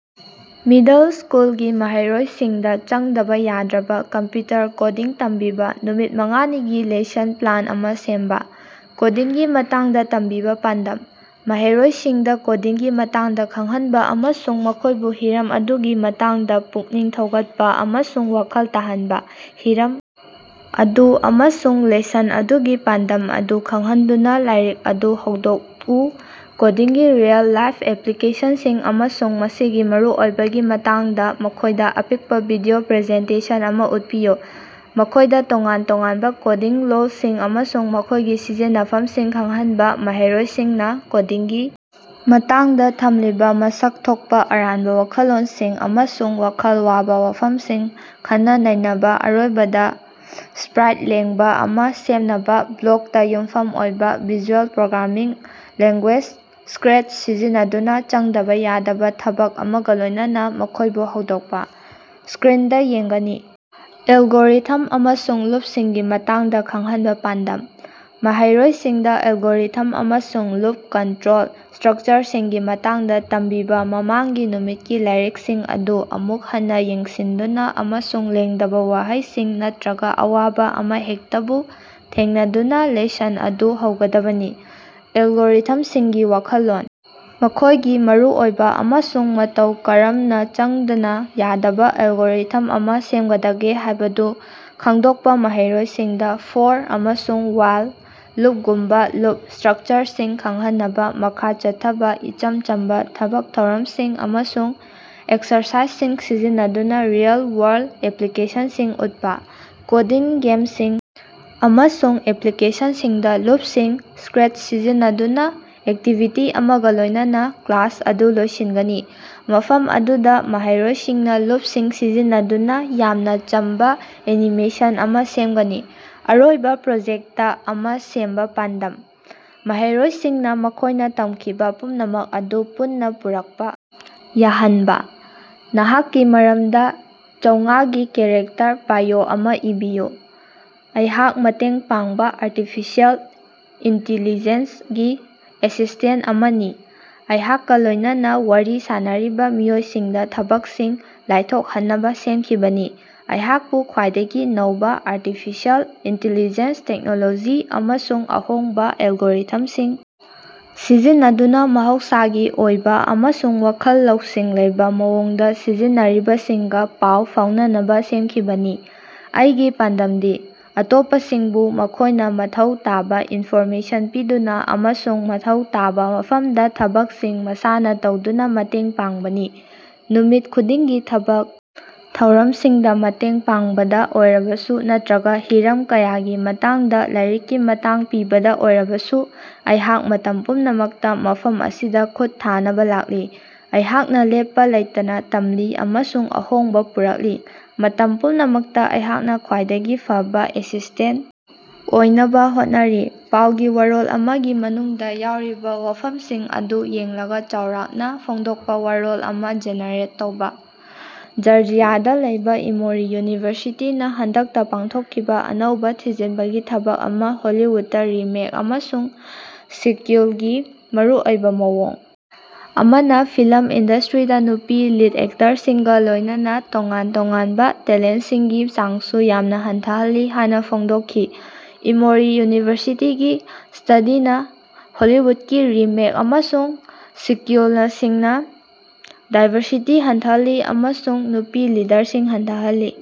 Middle ꯁ꯭ꯀꯨꯜꯒꯤ ꯃꯍꯩꯔꯣꯏꯁꯤꯡꯗ ꯆꯪꯗꯕ ꯌꯥꯗ꯭ꯔꯕ ꯀꯝꯄ꯭ꯌꯨꯇꯔ ꯀꯣꯗꯤꯡ ꯇꯝꯕꯤꯕꯥ ꯅꯨꯃꯤꯠ ꯃꯉꯥꯅꯤꯒꯤ ꯂꯦꯁꯟ ꯄ꯭ꯂꯥꯟ ꯑꯃ ꯁꯦꯝꯕ꯫ ꯀꯣꯗꯤꯡꯒꯤ ꯃꯇꯥꯡꯗ ꯇꯝꯕꯤꯕ ꯄꯥꯟꯗꯝ: ꯃꯍꯩꯔꯣꯏꯁꯤꯡꯗ ꯀꯣꯗꯤꯡꯒꯤ ꯃꯇꯥꯡꯗ ꯈꯪꯍꯟꯕ ꯑꯃꯁꯨꯡ ꯃꯈꯣꯢꯕꯨ ꯍꯤꯔꯝ ꯑꯗꯨꯒꯤ ꯃꯇꯥꯡꯗ ꯄꯨꯛꯅꯤꯡ ꯊꯧꯒꯠꯄ ꯑꯃꯁꯨꯡ ꯋꯥꯈꯜ ꯇꯥꯍꯟꯕ꯫ ꯍꯤꯔꯝ ꯑꯗꯨ ꯑꯃꯁꯨꯡ ꯂꯦꯁꯟ ꯑꯗꯨꯒꯤ ꯄꯥꯟꯗꯝ ꯑꯗꯨ ꯈꯪꯍꯟꯗꯨꯅꯥ ꯂꯥꯏꯔꯤꯛ ꯑꯗꯨ ꯍꯧꯗꯣꯛꯎ ꯀꯣꯗꯤꯡꯒꯤ ꯔꯤꯑꯦꯜ-ꯂꯥꯏꯐ ꯑꯦꯄ꯭ꯂꯤꯀꯦꯁꯟꯁꯤꯡ ꯑꯃꯁꯨꯡ ꯃꯁꯤꯒꯤ ꯃꯔꯨꯑꯣꯏꯕꯒꯤ ꯃꯇꯥꯡꯗ ꯃꯈꯣꯢꯗ ꯑꯄꯤꯛꯄ ꯚꯤꯗꯤꯑꯣ ꯄ꯭ꯔꯖꯦꯟꯇꯦꯁꯟ ꯑꯃ ꯎꯠꯄꯤꯌꯨ꯫ ꯃꯈꯣꯢꯗ ꯇꯣꯉꯥꯟ-ꯇꯣꯉꯥꯟꯕ ꯀꯣꯗꯤꯡ ꯂꯣꯜꯁꯤꯡ ꯑꯃꯁꯨꯡ ꯃꯈꯣꯢꯒꯤ ꯁꯤꯖꯤꯟꯅꯐꯝꯁꯤꯡ ꯈꯪꯍꯟꯕ ꯃꯍꯩꯔꯣꯢꯁꯤꯡꯅ ꯀꯣꯗꯤꯡꯒꯤ ꯃꯇꯥꯡꯗ ꯊꯝꯂꯤꯕ ꯃꯁꯛ ꯊꯣꯛꯄ ꯑꯔꯥꯟꯕ ꯋꯥꯈꯜꯂꯣꯟꯁꯤꯡ ꯑꯃꯁꯨꯡ ꯋꯥꯈꯜ ꯋꯥꯕ ꯋꯥꯐꯝꯁꯤꯡ ꯈꯟꯅ-ꯅꯩꯅꯕꯥ ꯑꯔꯣꯏꯕꯗ ꯁꯄ꯭ꯔꯥꯏꯠ ꯂꯦꯡꯕ ꯑꯃ ꯁꯦꯝꯅꯕ ꯕ꯭ꯂꯣꯛꯇ ꯌꯨꯝꯐꯝ ꯑꯣꯏꯕ ꯚꯤꯖꯨꯑꯦꯜ ꯄ꯭ꯔꯣꯒ꯭ꯔꯥꯃꯤꯡ ꯂꯦꯡꯒꯨꯌꯦꯖ ꯁꯀ꯭ꯔꯦꯆ ꯁꯤꯖꯤꯟꯅꯗꯨꯅ ꯆꯪꯗꯕ ꯌꯥꯗꯕ ꯊꯕꯛ ꯑꯃꯒ ꯂꯣꯢꯅꯥꯅ ꯃꯈꯣꯢꯕꯨ ꯍꯧꯗꯣꯛꯄꯥ꯫ ꯁꯀ꯭ꯔꯤꯟꯗ ꯌꯦꯡꯒꯅꯤ꯫ ꯑꯦꯜꯒꯣꯔꯤꯊꯝ ꯑꯃꯁꯨꯡ ꯂꯨꯞꯁꯤꯡꯒꯤ ꯃꯇꯥꯡꯗ ꯈꯪꯍꯟꯕ ꯄꯥꯟꯗꯝ: ꯃꯍꯩꯔꯣꯢꯁꯤꯡꯗ ꯑꯦꯜꯒꯣꯔꯤꯊꯝ ꯑꯃꯁꯨꯡ ꯂꯨꯞ ꯀꯟꯇ꯭ꯔꯣꯜ ꯁꯇ꯭ꯔꯛꯆꯔꯁꯤꯡꯒꯤ ꯃꯇꯥꯡꯗ ꯇꯝꯕꯤꯕ ꯃꯃꯥꯡꯒꯤ ꯅꯨꯃꯤꯠꯀꯤ ꯂꯥꯏꯔꯤꯛꯁꯤꯡ ꯑꯗꯨ ꯑꯃꯨꯛ ꯍꯟꯅ ꯌꯦꯡꯁꯤꯟꯗꯨꯅ ꯑꯃꯁꯨꯡ ꯂꯦꯡꯗꯕ ꯋꯥꯍꯪꯁꯤꯡ ꯅꯠꯇ꯭ꯔꯒ ꯑꯋꯥꯕꯥ ꯑꯃꯍꯦꯛꯇꯕꯨ ꯊꯦꯡꯅꯗꯨꯅꯥ ꯂꯦꯁꯟ ꯑꯗꯨ ꯍꯧꯒꯗꯕꯅꯤ꯫ ꯑꯦꯜꯒꯣꯔꯤꯊꯝꯁꯤꯡꯒꯤ ꯋꯥꯈꯜꯂꯣꯟ, ꯃꯈꯣꯢꯒꯤ ꯃꯔꯨꯑꯣꯏꯕ ꯑꯃꯁꯨꯡ ꯃꯇꯧ ꯀꯔꯝꯅꯆꯪꯗꯕ ꯌꯥꯗꯕ ꯑꯦꯜꯒꯣꯔꯤꯊꯝ ꯑꯃ ꯁꯦꯝꯒꯗꯒꯦ ꯍꯥꯢꯕꯗꯨ ꯈꯪꯗꯣꯛꯄ ꯃꯍꯩꯔꯣꯏꯁꯤꯡꯗ "ꯐꯣꯔ" ꯑꯃꯁꯨꯡ "ꯋꯥꯏꯜ" ꯂꯨꯞꯒꯨꯝꯕꯥ ꯂꯨꯞ ꯁꯇ꯭ꯔꯛꯆꯔꯁꯤꯡ ꯈꯪꯍꯟꯅꯕꯥ ꯃꯈꯥ ꯆꯠꯊꯕ ꯏꯆꯝ ꯆꯝꯕ ꯊꯕꯛ ꯊꯧꯔꯝꯁꯤꯡ ꯑꯃꯁꯨꯡ ꯑꯦꯛꯁꯔꯁꯥꯏꯖꯁꯤꯡ ꯁꯤꯖꯤꯟꯅꯗꯨꯅ ꯔꯤꯑꯦꯜ-ꯋꯥꯔꯜꯗ ꯑꯦꯄ꯭ꯂꯤꯀꯦꯁꯟꯁꯤꯡ ꯎꯠꯄꯥ꯫ ꯀꯣꯗꯤꯡ ꯒꯦꯃꯁꯤꯡ ꯑꯃꯁꯨꯡ ꯑꯦꯄ꯭ꯂꯤꯀꯦꯁꯟꯁꯤꯡꯗꯥ ꯂꯨꯞꯁꯤꯡ ꯁꯀ꯭ꯔꯦꯆ ꯁꯤꯖꯤꯟꯅꯗꯨꯅ ꯑꯦꯛꯇꯤꯚꯤꯇꯤ ꯑꯃꯒ ꯂꯣꯢꯅꯅ ꯀ꯭ꯂꯥꯁ ꯑꯗꯨ ꯂꯣꯏꯁꯤꯟꯒꯅꯤ ꯃꯐꯝ ꯑꯗꯨꯗ ꯃꯍꯩꯔꯣꯏꯁꯤꯡꯅ ꯂꯨꯞꯁꯤꯡ ꯁꯤꯖꯤꯟꯅꯗꯨꯅ ꯌꯥꯝꯅ ꯆꯝꯕ ꯑꯦꯅꯤꯃꯦꯁꯟ ꯑꯃ ꯁꯦꯝꯒꯅꯤ꯫ ꯑꯔꯣꯏꯕꯥ ꯄ꯭ꯔꯣꯖꯦꯛꯇ ꯑꯃ ꯁꯦꯝꯕ ꯄꯥꯟꯗꯝ: ꯃꯍꯩꯔꯣꯢꯁꯤꯡꯅ ꯃꯈꯣꯢꯅ ꯇꯝꯈꯤꯕ ꯄꯨꯝꯅꯃꯛ ꯑꯗꯨ ꯄꯨꯟꯅ ꯄꯨꯔꯛꯄ ꯌꯥꯍꯟꯕ꯫ ꯅꯍꯥꯛꯀꯤ ꯃꯔꯝꯗ ꯆꯧꯉꯥꯒꯤ ꯀꯦꯔꯦꯛꯇꯔ ꯕꯥꯏꯑꯣ ꯑꯃꯥ ꯏꯕꯤꯌꯨ꯫ ꯑꯩꯍꯥꯛ ꯃꯇꯦꯡ ꯄꯥꯡꯕ ꯑꯥꯔꯇꯤꯐꯤꯁꯤꯑꯦꯜ ꯏꯟꯇꯤꯂꯤꯖꯦꯟꯁ ꯒꯤ ꯑꯦꯁꯤꯁ꯭ꯇꯦꯟꯇ ꯑꯃꯅꯤ ꯑꯩꯍꯥꯛꯀꯥ ꯂꯣꯢꯅꯅꯥ ꯋꯥꯔꯤ ꯁꯥꯅꯔꯤꯕꯥ ꯃꯤꯑꯣꯏꯁꯤꯡꯗꯥ ꯊꯕꯛꯁꯤꯡ ꯂꯥꯏꯊꯣꯛꯍꯟꯅꯕ ꯁꯦꯝꯈꯤꯕꯅꯤ꯫ ꯑꯩꯍꯥꯛꯄꯨ ꯈ꯭ꯋꯥꯏꯗꯒꯤ ꯅꯧꯕꯥ ꯑꯥꯔꯇꯤꯐꯤꯁꯤꯑꯦꯜ ꯏꯟꯇꯤꯂꯤꯖꯦꯟꯁ ꯇꯦꯛꯅꯣꯂꯣꯖꯤ ꯑꯃꯁꯨꯡ ꯑꯍꯣꯡꯕꯥ ꯑꯦꯜꯒꯣꯔꯤꯊꯝꯁꯤꯡ ꯁꯤꯖꯤꯟꯅꯗꯨꯅ ꯃꯍꯧꯁꯥꯒꯤ ꯑꯣꯏꯕ ꯑꯃꯁꯨꯡ ꯋꯥꯈꯜ ꯂꯧꯁꯤꯡ ꯂꯩꯕ ꯃꯑꯣꯡꯗ ꯁꯤꯖꯤꯟꯔꯤꯕ ꯁꯤꯡꯒ ꯄꯥꯎ ꯐꯥꯎꯅꯅꯕꯥ ꯁꯦꯝꯈꯤꯕꯅꯤ꯫ ꯑꯩꯒꯤ ꯄꯥꯟꯗꯝꯗꯤ ꯑꯇꯣꯞꯄꯁꯤꯡꯕꯨ ꯃꯈꯣꯢꯅ ꯃꯊꯧ ꯇꯥꯕ ꯏꯟꯐꯣꯔꯃꯦꯁꯟ ꯄꯤꯗꯨꯅ ꯑꯃꯁꯨꯡ ꯃꯊꯧ ꯇꯥꯕ ꯃꯐꯝꯗꯥ ꯊꯕꯛꯁꯤꯡ ꯃꯁꯥꯅ ꯇꯧꯗꯨꯅ ꯃꯇꯦꯡ ꯄꯥꯡꯕꯅꯤ꯫ ꯅꯨꯃꯤꯠ ꯈꯨꯗꯤꯡꯒꯤ ꯊꯕꯛ ꯊꯧꯔꯝꯁꯤꯡꯗ ꯃꯇꯦꯡ ꯄꯥꯡꯕꯗ ꯑꯣꯏꯔꯕꯁꯨ ꯅꯠꯇ꯭ꯔꯒ ꯍꯤꯔꯝ ꯀꯌꯥꯒꯤ ꯃꯇꯥꯡꯗ ꯂꯥꯏꯔꯤꯛꯀꯤ ꯃꯇꯥꯡ ꯄꯤꯕꯗ ꯑꯣꯏꯔꯕꯁꯨ ꯑꯩꯍꯥꯛ ꯃꯇꯝ ꯄꯨꯝꯅꯃꯛꯇ ꯃꯐꯝ ꯑꯁꯤꯗ ꯈꯨꯠ ꯊꯥꯅꯕ ꯂꯥꯛꯂꯤ꯫ ꯑꯩꯍꯥꯛꯅ ꯂꯦꯞꯄ ꯂꯩꯇꯅ ꯇꯝꯂꯤ ꯑꯃꯁꯨꯡ ꯑꯍꯣꯡꯕ ꯄꯨꯔꯛꯂꯤ ꯃꯇꯝ ꯄꯨꯝꯅꯃꯛꯇ ꯑꯩꯍꯥꯛꯅ ꯈ꯭ꯋꯥꯏꯗꯒꯤ ꯐꯕ ꯑꯦꯁꯤꯁ꯭ꯇꯦꯟ ꯑꯣꯏꯅꯕ ꯍꯣꯠꯅꯔꯤ꯫ ꯄꯥꯎꯒꯤ ꯋꯥꯔꯣꯜ ꯑꯃꯒꯤ ꯃꯅꯨꯡꯗ ꯌꯥꯎꯔꯤꯕꯥ ꯋꯥꯐꯝꯁꯤꯡ ꯑꯗꯨ ꯌꯦꯡꯂꯒ ꯆꯥꯎꯔꯥꯛꯅ ꯐꯣꯡꯗꯣꯛꯄ ꯋꯥꯔꯣꯜ ꯑꯃ ꯖꯦꯅꯦꯔꯦꯠ ꯇꯧꯕ꯫ ꯖꯔꯖꯤꯌꯥꯗꯥ ꯂꯩꯕꯥ ꯏꯃꯣꯔꯤ ꯌꯨꯅꯤꯚꯔꯁꯤꯇꯤ ꯅ ꯍꯟꯗꯛꯇꯥ ꯄꯥꯡꯊꯣꯛꯈꯤꯕ ꯑꯅꯧꯕ ꯊꯤꯖꯤꯟꯕꯒꯤ ꯊꯕꯛ ꯑꯃꯅ ꯍꯣꯂꯤꯋꯨꯗꯇ ꯔꯤꯃꯦꯛ ꯑꯃꯁꯨꯡ ꯁꯤꯀ꯭ꯌꯨꯏꯜꯒꯤ ꯃꯔꯨꯑꯣꯏꯕ ꯃꯑꯣꯡ ꯑꯃꯅ ꯐꯤꯂꯝ ꯏꯟꯗꯁꯇ꯭ꯔꯤꯗꯥ ꯅꯨꯄꯤ ꯂꯤꯗ ꯑꯦꯛꯇꯔꯁꯤꯡꯒ ꯂꯣꯢꯅꯅ ꯇꯣꯉꯥꯟ ꯇꯣꯉꯥꯟꯕ ꯇꯦꯂꯦꯟꯇꯁꯤꯡꯒꯤ ꯆꯥꯡꯁꯨ ꯌꯥꯝꯅ ꯍꯟꯊꯍꯜꯂꯤ ꯍꯥꯢꯅ ꯐꯣꯡꯗꯣꯛꯈꯤ꯫ ꯏꯃꯣꯔꯤ ꯌꯨꯅꯤꯚꯔꯁꯤꯇꯤꯒꯤ ꯁ꯭ꯇꯗꯤꯅ ꯍꯣꯂꯤꯋꯨꯗꯀꯤ ꯔꯤꯃꯦꯛ ꯑꯃꯁꯨꯡ ꯁꯤꯀ꯭ꯌꯨꯏꯂꯁꯤꯡꯅꯥ ꯗꯥꯏꯕꯔꯁꯤꯇꯤ ꯍꯟꯊꯍꯜꯂꯤ ꯑꯃꯁꯨꯡ ꯅꯨꯄꯤ ꯂꯤꯗꯔꯁꯤꯡ ꯍꯟꯊꯍꯜꯂꯤ꯫